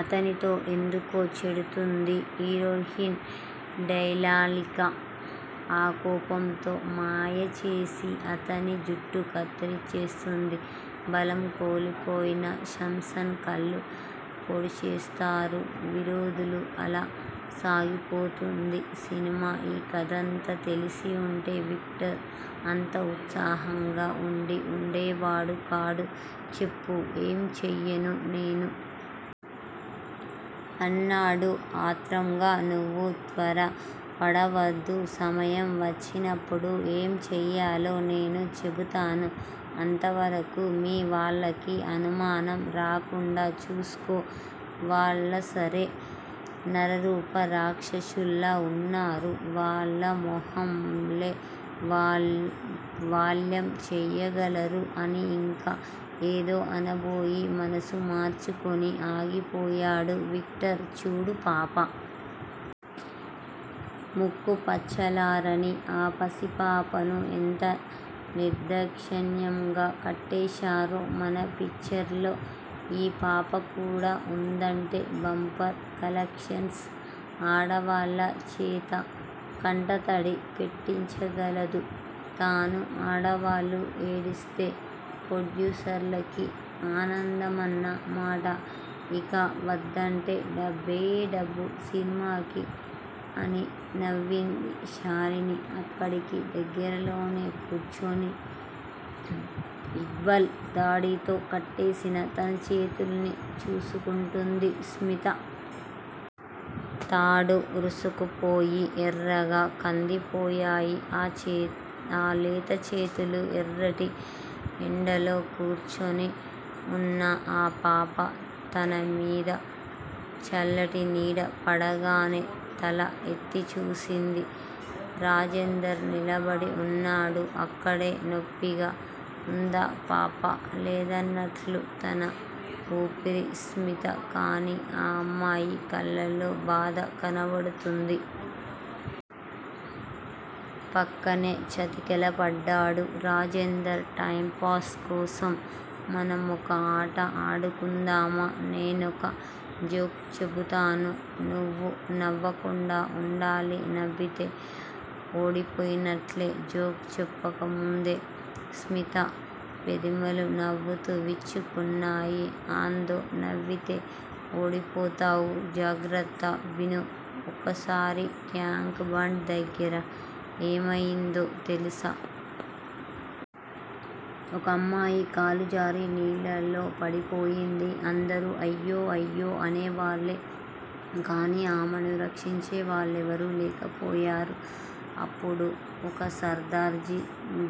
అతనితో ఎందుకో చెడుతుంది. హీరోయిన్ డెలైలాకి. ఆ కోపంతో మాయచేసి, అతని జుట్టు కత్తిరించేస్తుంది. బలం కోల్పోయిన శామ్సన్ కళ్ళు పొడిచేస్తారు విరోధులు. అలా సాగిపోతుంది సినిమా. ఈ కథంతా తెలిసి ఉంటే, విక్టర్ అంత ఉత్సాహంగా ఉండి ఉండేవాడు కాడు. చెప్పు! ఏం చెయ్యను నేను! అన్నాడు ఆత్రంగా. నువ్వు త్వరపడవద్దు, సమయం వచ్చినప్పుడు ఏం చెయ్యాలో నేను చెబుతాను- అంతవరకూ మీ వాళ్ళకి అనుమానం రాకుండా చూసుకో! వాళ్ళసలే నరరూప రాక్షసుల్లా ఉన్నారు వాళ్ళ మొహంలే! వాళ్ళేం చెయ్యగలరు! అని ఇంకా ఏదో అనబోయి, మనసు మార్చుకుని ఆగిపోయాడు విక్టర్. చూడు పాప ముక్కు పచ్చలారని ఆ పసిపాపను ఎంత నిర్దాక్షిణ్యంగా కట్టేశారో! మన పిక్చర్లో ఈ పాపకూడా ఉందంటే బంపర్ కలెక్షన్స్! ఆడవాళ్ళ చేత కంటతడి పెట్టించగలదు తను! ఆడవాళ్ళు ఏడిస్తే ప్రొడ్యూసర్లకి ఆనందమన్న మాట! ఇక వద్దంటే డబ్బే డబ్బు సినిమాకి అని నవ్వింది శాలిని. అక్కడికి దగ్గరలోనే కూర్చుని, ఇక్బాల్ తాటితో కట్టేసిన తన చేతులని చూసుకుంటోంది స్మిత. తాడు ఒరుసుకుపోయి ఎర్రగా కందిపోయాయి, ఆ లేత చేతులు. ఎర్రటి ఎండలో కూర్చుని ఉన్న ఆ పాప, తనమీద చల్లటి నీడ పడగానే తల ఎత్తి చూసింది. రాజేందర్ నిలబడి ఉన్నాడు అక్కడే. నొప్పిగా ఉందా పాపా? లేదన్నట్లు తల ఊపింది స్మిత. కానీ ఆ అమ్మాయి కళ్ళలో బాధ కనబడుతోంది. పక్కనే చతికిల బడ్డాడు రాజేందర్. టైంపాస్ కోసం మనమొక ఆట ఆడుకుందామా? నేనొక జోక్ చెబుతాను. నువ్వు నవ్వకుండా ఉండాలి. నవ్వితే ఓడిపోయినట్లే! జోక్ చెప్పకముందే స్మిత పెదిమలు నవ్వుతో విచ్చుకున్నాయి. అదో! నవ్వితే ఓడిపోతావ్! జాగ్రత్త! విను. ఒకసారి టాంక్ బండ్ దగ్గర ఏమయిందో తెలుసా? ఒకమ్మాయి కాలు జారి నీళ్ళలో పడిపోయింది. అందరూ అయ్యో అయ్యో అనేవాళ్ళే గాని ఆమెని రక్షించే వాళ్ళెవరూ లేకపోయారు. అప్పుడు ఒక సర్దార్జీ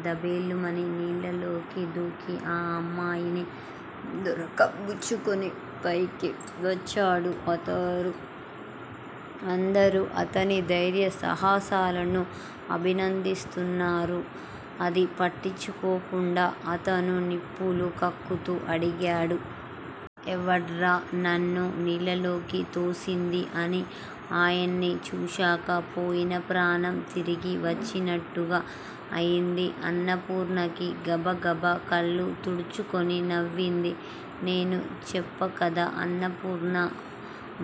దభేలుమని నీళ్ళలోకి దూకి, ఆ అమ్మాయిని దొరకబుచ్చుకుని, పైకి వచ్చాడు. అందరూ అతని ధైర్య సాహసాలను అభినందిస్తున్నారు. అది పట్టించుకోకుండా అతను నిప్పులు కక్కుతూ అడిగాడు. 'ఎవడ్రా నన్ను నీళ్ళలోకి తోసిందీ' అని ఆయన్ని చూశాక పోయిన ప్రాణం తిరిగివచ్చినట్టుగా అయింది అన్నపూర్ణకి. గబగబా కళ్ళు తుడుచుకుని నవ్వింది. నేను చెప్పాకదా అన్నపూర్ణా!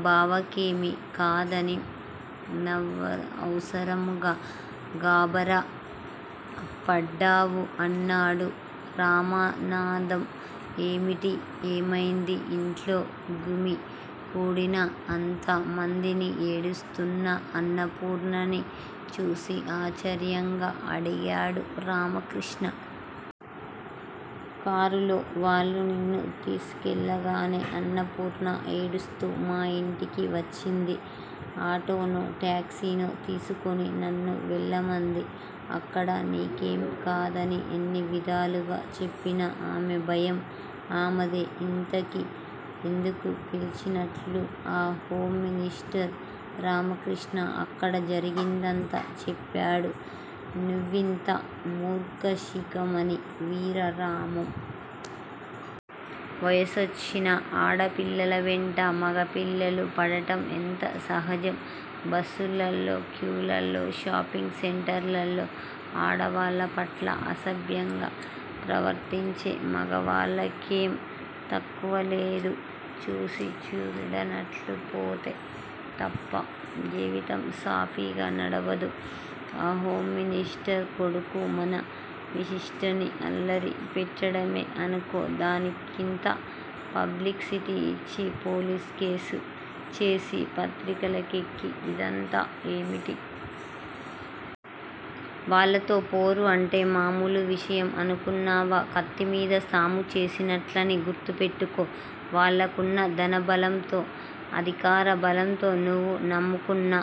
బావకేమీ కాదని? నువ్వనవసరంగా గాబరా పడ్డావు! అన్నాడు రామనాధం. ఏమిటీ? ఏమైందీ? ఇంట్లో గుమి గూడిన అంత మందినీ, ఏడుస్తూన్న అన్నపూర్ణనీ చూసి ఆశ్చర్యంగా అడిగాడు రామకృష్ణ. కారులో వాళ్ళు నిన్ను తీసుకెళ్ళగానే అన్నపూర్ణ ఏడుస్తూ మా ఇంటికి వచ్చింది. ఆటోనో, టాక్సీనో తీసుకొని నన్ను వెళ్ళమంది. అక్కడ నీకేం కాదని ఎన్నివిధాలుగా చెప్పినా ఆమె భయం ఆమెదే! ఇంతకీ ఎందుకు పిలిపించినట్లు ఆ హోంమినిస్టరు? రామకృష్ణ అక్కడ జరిగిందంతా చెప్పాడు. నువ్వింత మూర్ఖశిఖామణివిరా రామం! వయసొచ్చిన ఆడపిల్లల వెంట మగ పిల్లలు పడడం ఎంతో సహజం. బస్సుల్లో క్యూలలో, షాపింగ్ సెంటర్లలో ఆడవాళ్ళ పట్ల అసభ్యంగా ప్రవర్తించే మగవాళ్ళకేం తక్కువ లేదు. చూసీ చూడనట్లు పోతే తప్ప జీవితం సాఫీగా నడవదు. ఆ హోంమినిస్టరు కొడుకు మన విశిష్టని అల్లరి పెట్టాడే అనుకో దానికింత పబ్లిసిటీ ఇచ్చి పోలీసు కేసు చేసి పత్రికలకెక్కి ఇదంతా ఏమిటి? వాళ్ళతో పోరు అంటే మామూలు విషయం అనుకొన్నావా? కత్తిమీద సాము చేసినట్లని గుర్తుపెట్టుకో. వాళ్ళకున్న ధనబలంతో, అధికార బలంతో నువ్వు నమ్ముకొన్న